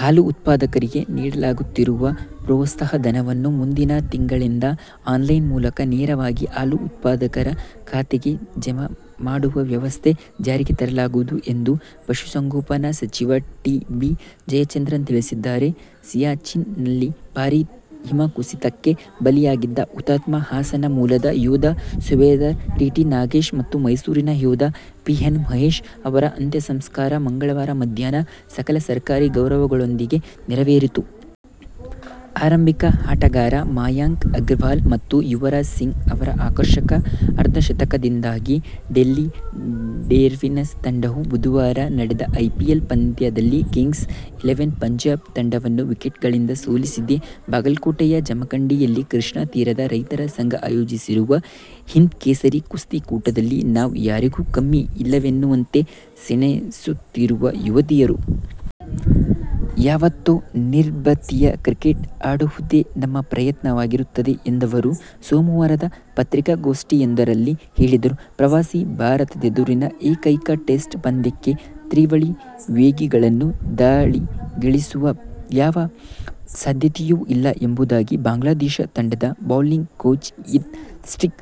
ಹಾಲು ಉತ್ಪಾದಕರಿಗೆ ನೀಡಲಾಗುತ್ತಿರುವ ಪ್ರೋತ್ಸಾಹಧನವನ್ನು ಮುಂದಿನ ತಿಂಗಳಿಂದ ಆನ್ಲೈನ್ ಮೂಲಕ ನೇರವಾಗಿ ಹಾಲು ಉತ್ಪಾದಕರ ಖಾತೆಗೆ ಜಮೆ ಮಾಡುವ ವ್ಯವಸ್ಥೆ ಜಾರಿಗೆ ತರಲಾಗುವುದು ಎಂದು ಪಶುಸಂಗೋಪನಾ ಸಚಿವ ಟಿ. ಬಿ. ಜಯಚಂದ್ರ ತಿಳಿಸಿದ್ದಾರೆ. ಸಿಯಾಚಿನ್ ನಲ್ಲಿ ಭಾರೀ ಹಿಮಕುಸಿತಕ್ಕೆ ಬಲಿಯಾಗಿದ್ದ ಹುತಾತ್ಮ ಹಾಸನ ಮೂಲದ ಯೋಧ ಸುಬೇದಾರ್ ಟಿಟಿ ನಾಗೇಶ್ ಮತ್ತು ಮೈಸೂರಿನ ಯೋಧ ಪಿಎನ್ ಮಹೇಶ್ ಅವರ ಅಂತ್ಯಸಂಸ್ಕಾರ ಮಂಗಳವಾರ ಮಧ್ಯಾಹ್ನ ಸಕಲ ಸರ್ಕಾರಿ ಗೌರವಗಳೊಂದಿಗೆ ನೆರವೇರಿತು. ಆರಂಭಿಕ ಆಟಗಾರ ಮಯಾಂಕ್ ಅಗರ್ವಾಲ್ ಮತ್ತು ಯುವರಾಜ್ ಸಿಂಗ್ ಅವರ ಆಕರ್ಷಕ ಅರ್ಧಶತಕದಿಂದಾಗಿ ಡೆಲ್ಲಿ ಡೇರ್ಡೆವಿಲ್ಸ್ ತಂಡವು ಬುಧವಾರ ನಡೆದ ಐಪಿಎಲ್ ಪಂದ್ಯದಲ್ಲಿ ಕಿಂಗ್ಸ್ ಇಲೆವನ್ ಪಂಜಾಬ್ ತಂಡವನ್ನು ವಿಕೆಟ್ಗಳಿಂದ ಸೋಲಿಸಿದೆ. ಬಾಗಲಕೋಟೆಯ ಜಮಖಂಡಿಯಲ್ಲಿ ಕೃಷ್ಣಾತೀರದ ರೈತರ ಸಂಘ ಆಯೋಜಿಸಿರುವ 'ಹಿಂದ್ ಕೇಸರಿ' ಕುಸ್ತಿ ಕೂಟದಲ್ಲಿ ನಾವ್ ಯಾರಿಗೂ ಕಮ್ಮಿ ಇಲ್ಲವೆನ್ನುವಂತೆ ಸೆಣಸುತ್ತಿರುವ ಯುವತಿಯರು. ಯಾವತ್ತೂ ನಿರ್ಭೀತಿಯ ಕ್ರಿಕೆಟ್ ಆಡುವುದೇ ನಮ್ಮ ಪ್ರಯತ್ನವಾಗಿರುತ್ತದೆ ಎಂದವರು ಸೋಮವಾರದ ಪತ್ರಿಕಾಗೋಷ್ಠಿಯೊಂದರಲ್ಲಿ ಹೇಳಿದರು. ಪ್ರವಾಸಿ ಭಾರತದೆದುರಿನ ಏಕೈಕ ಟೆಸ್ಟ್ ಪಂದ್ಯಕ್ಕೆ ತ್ರಿವಳಿ ವೇಗಿಗಳನ್ನು ದಾಳಿಗಿಳಿಸುವ ಯಾವ ಸಾಧ್ಯತೆಯೂ ಇಲ್ಲ ಎಂಬುದಾಗಿ ಬಾಂಗ್ಲಾದೇಶ ತಂಡದ ಬೌಲಿಂಗ್ ಕೋಚ್ ಹೀತ್ ಸ್ಟ್ರೀಕ್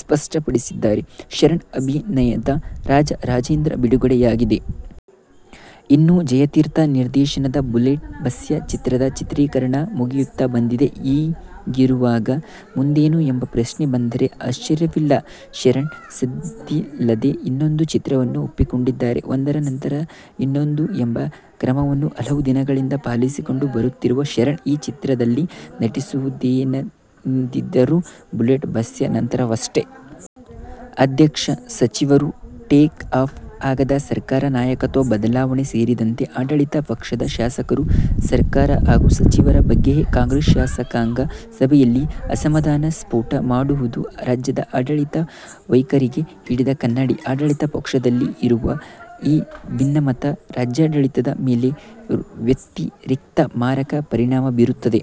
ಸ್ಪಷ್ಟಪಡಿಸಿದ್ದಾರೆ. ಶರಣ್ ಅಭಿನಯದ "ರಾಜ ರಾಜೇಂದ್ರ' ಬಿಡುಗಡೆಯಾಗಿದೆ. ಇನ್ನು ಜಯತೀರ್ಥ ನಿರ್ದೇಶನದ "ಬುಲೆಟ್ ಬಸ್ಯ' ಚಿತ್ರದ ಚಿತ್ರೀಕರಣ ಮುಗಿಯುತ್ತಾ ಬಂದಿದೆ. ಹೀಗಿರುವಾಗ ಮುಂದೇನು ಎಂಬ ಪ್ರಶ್ನೆ ಬಂದರೆ ಆಶ್ಚರ್ಯವಿಲ್ಲ. ಶರಣ್ ಸದ್ದಿಲ್ಲದೆ ಇನ್ನೊಂದು ಚಿತ್ರವನ್ನು ಒಪ್ಪಿಕೊಂಡಿದ್ದಾರೆ. ಒಂದರ ನಂತರ ಇನ್ನೊಂದು ಎಂಬ ಕ್ರಮವನ್ನು ಹಲವು ದಿನಗಳಿಂದ ಪಾಲಿಸಿಕೊಂಡು ಬರುತ್ತಿರುವ ಶರಣ್, ಈ ಚಿತ್ರದಲ್ಲಿ ನಟಿಸುವುದೇನಿದ್ದರೂ "ಬುಲೆಟ್ ಬಸ್ಯ' ನಂತರವಷ್ಟೇ. "ಅದಕ್ಷ ಸಚಿವರು, ಟೇಕ್ ಆಫ್ ಆಗದ ಸರ್ಕಾರ, ನಾಯಕತ್ವ ಬದಲಾವಣೆ ಸೇರಿದಂತೆ ಆಡಳಿತ ಪಕ್ಷದ ಶಾಸಕರು ಸರ್ಕಾರ ಹಾಗೂ ಸಚಿವರ ಬಗ್ಗೆಯೇ ಕಾಂಗ್ರೆಸ್ ಶಾಸಕಾಂಗ ಸಭೆಯಲ್ಲಿ ಅಸಮಾಧಾನ ಸ್ಫೋಟ ಮಾಡುವುದು ರಾಜ್ಯದ ಆಡಳಿತ ವೈಖರಿಗೆ ಹಿಡಿದ ಕನ್ನಡಿ. ಆಡಳಿತ ಪಕ್ಷದಲ್ಲಿ ಇರುವ ಈ ಭಿನ್ನಮತ ರಾಜ್ಯಾಡಳಿತದ ಮೇಲೆ ವ್ಯತಿರಿಕ್ತ ಮಾರಕ ಪರಿಣಾಮ ಬೀರುತ್ತಿದೆ.